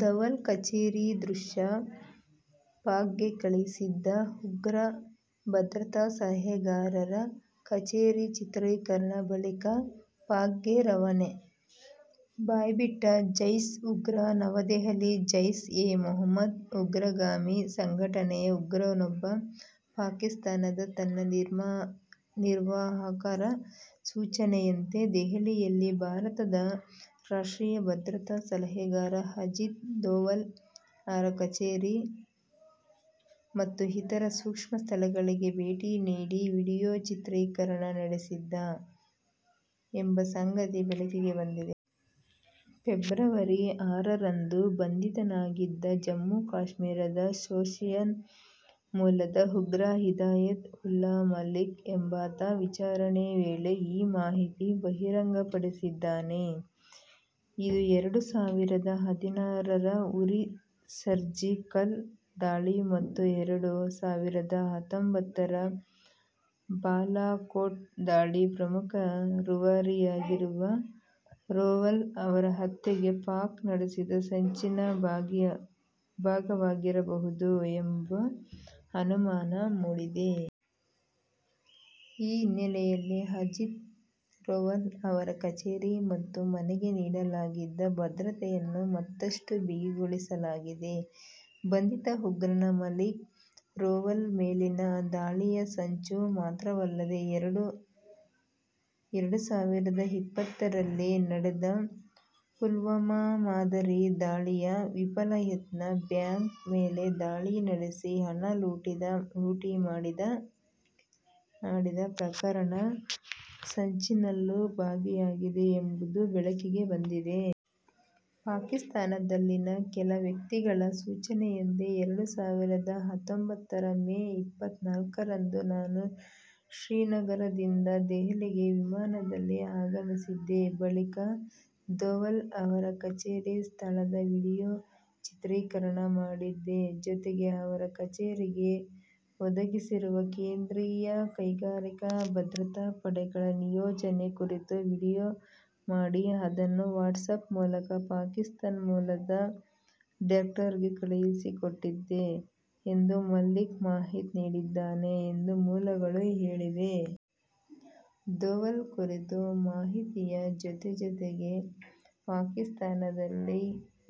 ದೋವಲ್ ಕಚೇರಿ ದೃಶ್ಯ ಪಾಕ್ಗೆ ಕಳಿಸಿದ್ದ ಉಗ್ರ! ಭದ್ರತಾ ಸಲಹೆಗಾರರ ಕಚೇರಿ ಚಿತ್ರೀಕರಣ ಬಳಿಕ ಪಾಕ್ಗೆ ರವಾನೆ: ಬಾಯ್ಬಿಟ್ಟ ಜೈಷ್ ಉಗ್ರ ನವದೆಹಲಿ: ಜೈಷ್ ಎ ಮೊಹಮ್ಮದ್ ಉಗ್ರಗಾಮಿ ಸಂಘಟನೆಯ ಉಗ್ರನೊಬ್ಬ ಪಾಕಿಸ್ತಾನದ ತನ್ನ ನಿರ್ವಾಹಕರ ಸೂಚನೆಯಂತೆ ದೆಹಲಿಯಲ್ಲಿ, ಭಾರತದ ರಾಷ್ಟ್ರೀಯ ಭದ್ರತಾ ಸಲಹೆಗಾರ ಅಜಿತ್ ದೋವಲ್ ಅವರ ಕಚೇರಿ ಮತ್ತು ಇತರ ಸೂಕ್ಷ್ಮ ಸ್ಥಳಗಳಿಗೆ ಭೇಟಿ ನೀಡಿ ವಿಡಿಯೋ ಚಿತ್ರೀಕರಣ ನಡೆಸಿದ್ದ ಎಂಬ ಸಂಗತಿ ಬೆಳಕಿಗೆ ಬಂದಿದೆ. ಫೆಬ್ರವರಿ ಆರರಂದು ಬಂಧಿತನಾಗಿದ್ದ ಜಮ್ಮು-ಕಾಶ್ಮೀರದ ಶೋಪಿಯಾನ್ ಮೂಲದ ಉಗ್ರ ಹಿದಾಯತ್ ಉಲ್ಲಾ ಮಲಿಕ್ ಎಂಬಾತ ವಿಚಾರಣೆ ವೇಳೆ ಈ ಮಾಹಿತಿ ಬಹಿರಂಗಪಡಿಸಿದ್ದಾನೆ. ಇದು ಎರಡು ಸಾವಿರದ ಹದಿನಾರರ ಉರಿ ಸರ್ಜಿಕಲ್ ದಾಳಿ ಮತ್ತು ಎರಡು ಸಾವಿರದ ಹತ್ತೊಂಬತ್ತರ ಬಾಲಾಕೋಟ್ ದಾಳಿಯ ಪ್ರಮುಖ ರೂವಾರಿಯಾಗಿರುವ ದೋವಲ್ ಅವರ ಹತ್ಯೆಗೆ ಪಾಕ್ ನಡೆಸಿದ ಸಂಚಿನ ಭಾಗವಾಗಿರಬಹುದು ಎಂಬ ಅನುಮಾನ ಮೂಡಿದೆ. ಈ ಹಿನ್ನೆಲೆಯಲ್ಲಿ ಅಜಿತ್ ದೋವಲ್ ಅವರ ಕಚೇರಿ ಮತ್ತು ಮನೆಗೆ ನೀಡಲಾಗಿದ್ದ ಭದ್ರತೆಯನ್ನು ಮತ್ತಷ್ಟುಬಿಗಿಗೊಳಿಸಲಾಗಿದೆ. ಬಂಧಿತ ಉಗ್ರನ ಮಲಿಕ್, ದೋವಲ್ ಮೇಲಿನ ದಾಳಿಯ ಸಂಚು ಮಾತ್ರವಲ್ಲದೇ ಎರಡು ಸಾವಿರದ ಇಪ್ಪತ್ತರಲ್ಲಿ ನಡೆದ ಪುಲ್ವಾಮಾ ಮಾದರಿಯ ದಾಳಿಯ ವಿಫಲ ಯತ್ನ, ಬ್ಯಾಂಕ್ ಮೇಲೆ ದಾಳಿ ನಡೆಸಿ ಹಣ ಲೂಟಿದ ಮಾಡಿದ ಪ್ರಕರಣ ಸಂಚಿನಲ್ಲೂ ಭಾಗಿಯಾಗಿದ್ದ ಎಂಬುದು ಬೆಳಕಿಗೆ ಬಂದಿದೆ. 'ಪಾಕಿಸ್ತಾನದಲ್ಲಿನ ಕೆಲ ವ್ಯಕ್ತಿಗಳ ಸೂಚನೆಯಂತೆ ಎರಡು ಸಾವಿರದ ಹತ್ತೊಂಬತ್ತರ ಮೇ ಇಪ್ಪತ್ನಾಲ್ಕರಂದು ನಾನು ಶ್ರೀನಗರದಿಂದ ದೆಹಲಿಗೆ ವಿಮಾನದಲ್ಲಿ ಆಗಮಿಸಿದ್ದೆ. ಬಳಿಕ ದೋವಲ್ ಅವರ ಕಚೇರಿ ಸ್ಥಳದ ವಿಡಿಯೋ ಚಿತ್ರೀಕರಣ ಮಾಡಿದ್ದೆ. ಜೊತೆಗೆ ಅವರ ಕಚೇರಿಗೆ ಒದಗಿಸಿರುವ ಕೇಂದ್ರೀಯ ಕೈಗಾರಿಕಾ ಭದ್ರತಾ ಪಡೆಗಳ ನಿಯೋಜನೆ ಕುರಿತೂ ವಿಡಿಯೋ ಮಾಡಿ ಅದನ್ನು ವಾಟ್ಸಾಪ್ ಮೂಲಕ ಪಾಕಿಸ್ತಾನ ಮೂಲದ 'ಡಾಕ್ಟರ್'ಗೆ ಕಳುಹಿಸಿಕೊಟ್ಟಿದ್ದೆ' ಎಂದು ಮಲಿಕ್ ಮಾಹಿತಿ ನೀಡಿದ್ದಾನೆ ಎಂದು ಮೂಲಗಳು ಹೇಳಿವೆ. ದೋವಲ್ ಕುರಿತ ಮಾಹಿತಿಯ ಜೊತೆಜೊತೆಗೇ ಪಾಕಿಸ್ತಾನದಲ್ಲಿ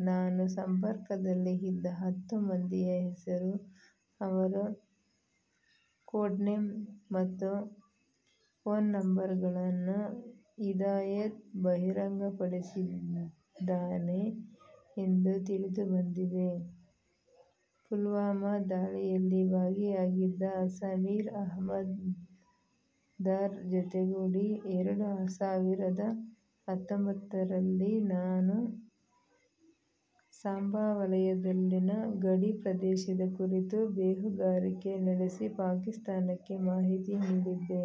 ತಾನು ಸಂಪರ್ಕದಲ್ಲಿ ಇದ್ದ ಹತ್ತು ಮಂದಿಯ ಹೆಸರು, ಅವರ ಕೋಡ್ನೇಮ್ ಮತ್ತು ಫೋನ್ ನಂಬರ್ಗಳನ್ನು ಹಿದಾಯತ್ ಬಹಿರಂಗಪಡಿಸಿದ್ದಾನೆ ಎಂದು ತಿಳಿದುಬಂದಿದೆ. ಪುಲ್ವಾಮಾ ದಾಳಿಯಲ್ಲಿ ಭಾಗಿಯಾಗಿದ್ದ ಸಮೀರ್ ಅಹಮದ್ ದಾರ್ ಜೊತೆಗೂಡಿ ಎರಡು ಸಾವಿರದ ಹತ್ತೊಂಬತ್ತರಲ್ಲಿ ನಾನು ಸಾಂಬಾ ವಲಯದಲ್ಲಿನ ಗಡಿ ಪ್ರದೇಶದ ಕುರಿತು ಬೇಹುಗಾರಿಕೆ ನಡೆಸಿ ಪಾಕಿಸ್ತಾನಕ್ಕೆ ಮಾಹಿತಿ ನೀಡಿದ್ದೆ.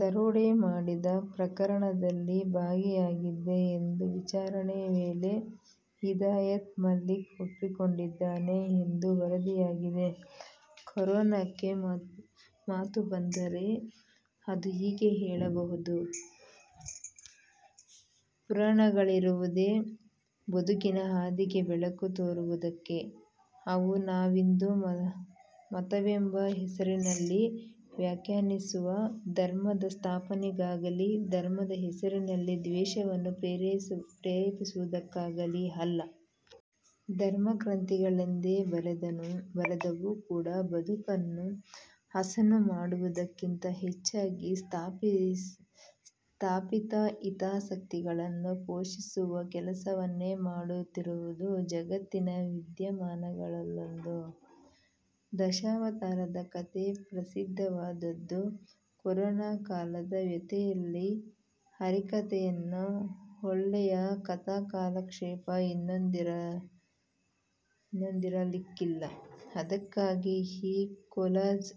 ದರೋಡೆ ಮಾಡಿದ ಪ್ರಕರಣದಲ್ಲಿ ಭಾಗಿಯಾಗಿದ್ದೆ' ಎಂದು ವಿಚಾರಣೆ ವೇಳೆ ಹಿದಾಯತ್ ಮಲಿಕ್ ಒಪ್ಪಿಕೊಂಡಿದ್ದಾನೆ ಎಂದು ವರದಿಯಾಗಿದೆ. ಕೊರೋನಕ್ಕೆ ಮಾತು ಬಂದರೆ ಅದು ಹೀಗೆ ಹೇಳಬಹುದು: ಪುರಾಣಗಳಿರುವುದೇ ಬದುಕಿನ ಹಾದಿಗೆ ಬೆಳಕು ತೋರುವುದಕ್ಕೆ. ಅವು ನಾವಿಂದು ಮತವೆಂಬ ಹೆಸರಿನಲ್ಲಿ ವ್ಯಾಖ್ಯಾನಿಸುವ ಧರ್ಮದ ಸ್ಥಾಪನೆಗಾಗಲೀ, ಧರ್ಮದ ಹೆಸರಿನಲ್ಲಿ ದ್ವೇಷವನ್ನು ಪ್ರೇರೇಪಿಸವುದಕ್ಕಾಗಲೀ ಅಲ್ಲ. ಧರ್ಮಗ್ರಂಥಗಳೆಂದೇ ಬರೆದವೂ ಕೂಡ ಬದುಕನ್ನು ಹಸನು ಮಾಡುವುದಕ್ಕಿಂತ ಹೆಚ್ಚಾಗಿ ಸ್ಥಾಪಿತ ಹಿತಾಸಕ್ತಿಗಳನ್ನು ಪೋಷಿಸುವ ಕೆಲಸವನ್ನೇ ಮಾಡುತ್ತಿರುವುದು ಜಗತ್ತಿನ ವಿದ್ಯಮಾನಗಳಲ್ಲೊಂದು. ದಶಾವತಾರದ ಕತೆ ಪ್ರಸಿದ್ಧವಾದದ್ದು. ಕೊರೋನ ಕಾಲದ ವ್ಯಥೆಯಲ್ಲಿ ಹರಿಕತೆಯಷ್ಟು ಒಳ್ಳೆಯ ಕಥಾಕಾಲಕ್ಷೇಪ ಇನ್ನೊಂದಿರಲಿಕ್ಕಿಲ್ಲ! ಅದಕ್ಕಾಗಿ ಈ ಕೊಲಾಜ್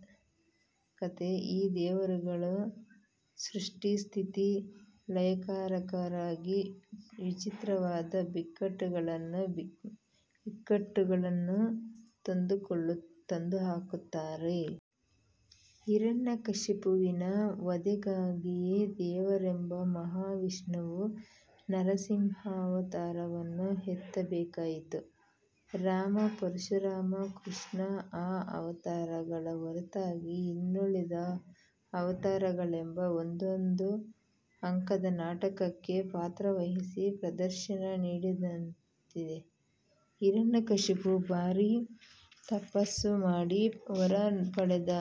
ಕಥೆ: ಈ ದೇವರುಗಳು ಸೃಷ್ಟಿ-ಸ್ಥಿತಿ-ಲಯಕಾರಕರಾಗಿ ವಿಚಿತ್ರವಾದ ಬಿಕ್ಕಟ್ಟುಗಳನ್ನೂ ಇಕ್ಕಟ್ಟುಗಳನ್ನೂ ತಂದುಹಾಕುತ್ತಾರೆ. ಹಿರಣ್ಯಕಶಿಪುವಿನ ವಧೆಗಾಗಿಯೇ ದೇವರೆಂಬ ಮಹಾವಿಷ್ಣುವು ನರಸಿಂಹಾವತಾರವನ್ನು ಎತ್ತಬೇಕಾಯಿತು. ರಾಮ, ಪರಶುರಾಮ, ಕೃಷ್ಣ, ಈ ಅವತಾರಗಳ ಹೊರತಾಗಿ ಇನ್ನುಳಿದ ಅವತಾರಗಳೆಲ್ಲ ಒಂದೊಂದು ಅಂಕದ ನಾಟಕಕ್ಕೆ ಪಾತ್ರವಹಿಸಿ ಪ್ರದರ್ಶನ ನೀಡಿದಂತಿದೆ. ಹಿರಣ್ಯಕಶಿಪು ಭಾರೀ ತಪಸ್ಸು ಮಾಡಿ ವರ ಪಡೆದ.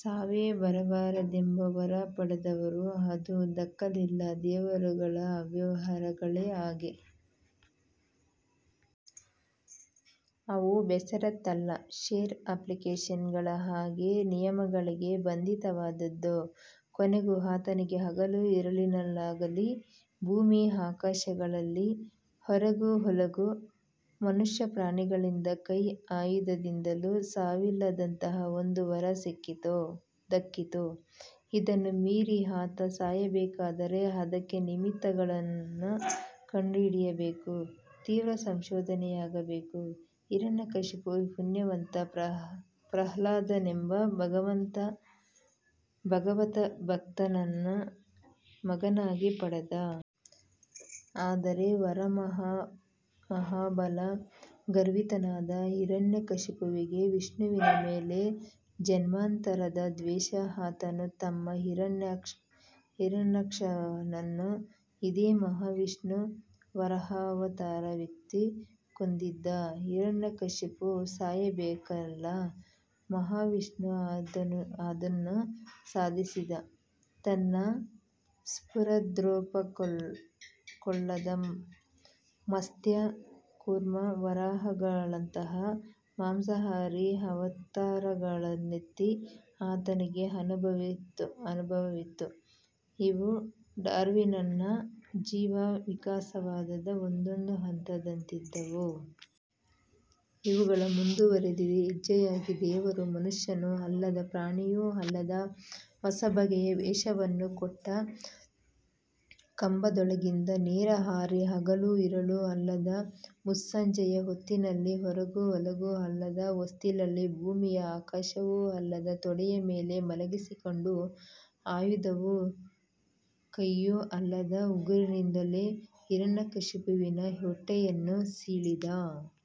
ಸಾವೇ ಬರಬಾರದೆಂಬ ವರ ಬೇಡಿದರೂ ಅದು ದಕ್ಕಲಿಲ್ಲ. ದೇವರುಗಳ ವ್ಯವಹಾರಗಳೇ ಹಾಗೆ. ಅವು ಬೇಷರತ್ ಅಲ್ಲ. ಷೇರ್ ಅಪ್ಲಿಕೇಷನ್ಗಳ ಹಾಗೆ ನಿಯಮಗಳಿಗೆ ಬಂಧಿತವಾದದ್ದು. ಕೊನೆಗೂ ಆತನಿಗೆ ಹಗಲು-ಇರುಳಿನಲ್ಲಾಗಲೀ, ಭೂಮಿ-ಆಕಾಶಗಳಲ್ಲಿ, ಹೊರಗೂ-ಒಳಗೂ, ಮನುಷ್ಯ-ಪ್ರಾಣಿಗಳಿಂದ ಕೈ-ಆಯುಧದಿಂದಲೂ ಸಾವಿಲ್ಲದಂತಹ ಒಂದು ವರ ದಕ್ಕಿತು. ಇದನ್ನು ಮೀರಿ ಆತ ಸಾಯಬೇಕಾದರೆ ಅದಕ್ಕೆ ನಿಮಿತ್ತಗಳನ್ನು ಕಂಡುಹಿಡಿಯಬೇಕು; ತೀವ್ರ ಸಂಶೋಧನೆೆಯಾಗಬೇಕು. ಹಿರಣ್ಯಕಶಿಪು ಪುಣ್ಯವಂತ. ಪ್ರಹ್ಲಾದನೆಂಬ ಭಾಗವತಭಕ್ತನನ್ನು ಮಗನಾಗಿ ಪಡೆದ. ಆದರೆ ವರಮಹಾಬಲ ಗರ್ವಿತನಾದ ಹಿರಣ್ಯಕಶಿಪುವಿಗೆ ವಿಷ್ಣುವಿನ ಮೇಲೆ ಜನ್ಮಾಂತರದ ದ್ವೇಷ. ಆತನ ತಮ್ಮ ಹಿರಣ್ಯಾಕ್ಷನನ್ನು ಇದೇ ಮಹಾವಿಷ್ಣು ವರಾಹಾವತಾರವೆತ್ತಿ ಕೊಂದಿದ್ದ. ಹಿರಣ್ಯಕಶಿಪು ಸಾಯಬೇಕಲ್ಲ. ಮಹಾವಿಷ್ಣು ಅದನ್ನೂ ಸಾಧಿಸಿದ. ತನ್ನ ಸ್ಫುರದ್ರೂಪಕ್ಕೊಲ್ಲದ ಮತ್ಸ್ಯ, ಕೂರ್ಮ, ವರಾಹಗಳಂತಹ ಮಾಂಸಾಹಾರಿ ಅವತಾರಗಳನ್ನೆತ್ತಿ ಆತನಿಗೆ ಅನುಭವವಿತ್ತು. ಇವು ಡಾರ್ವಿನ್ನನ ಜೀವ ವಿಕಾಸವಾದದ ಒಂದೊಂದು ಹಂತದಂತಿದ್ದವು. ಇವುಗಳ ಮುಂದುವರಿದ ಹೆಜ್ಜೆಯಾಗಿ ದೇವರು ಮನುಷ್ಯನೂ ಅಲ್ಲದ, ಪ್ರಾಣಿಯೂ ಅಲ್ಲದ ಹೊಸಬಗೆಯ ವೇಷವನ್ನು ತೊಟ್ಟ. ಕಂಭದೊಳಗಿಂದ ನೇರ ಹಾರಿ ಹಗಲೂ-ಇರುಳೂ ಅಲ್ಲದ, ಮುಸ್ಸಂಜೆಯ ಹೊತ್ತಿನಲ್ಲಿ, ಹೊರಗೂ-ಒಳಗೂ ಅಲ್ಲದ ಹೊಸ್ತಿಲಲ್ಲಿ, ಭೂಮಿಯೂ-ಆಕಾಶವೂ ಅಲ್ಲದ ತೊಡೆಯ ಮೇಲೆ ಮಲಗಿಸಿಕೊಂಡು, ಆಯುಧವೂ-ಕೈಯೂ ಅಲ್ಲದ ಉಗುರಿನಿಂದಲೇ ಹಿರಣ್ಯಕಶಿಪುವಿನ ಹೊಟ್ಟೆಯನ್ನು ಸೀಳಿದ.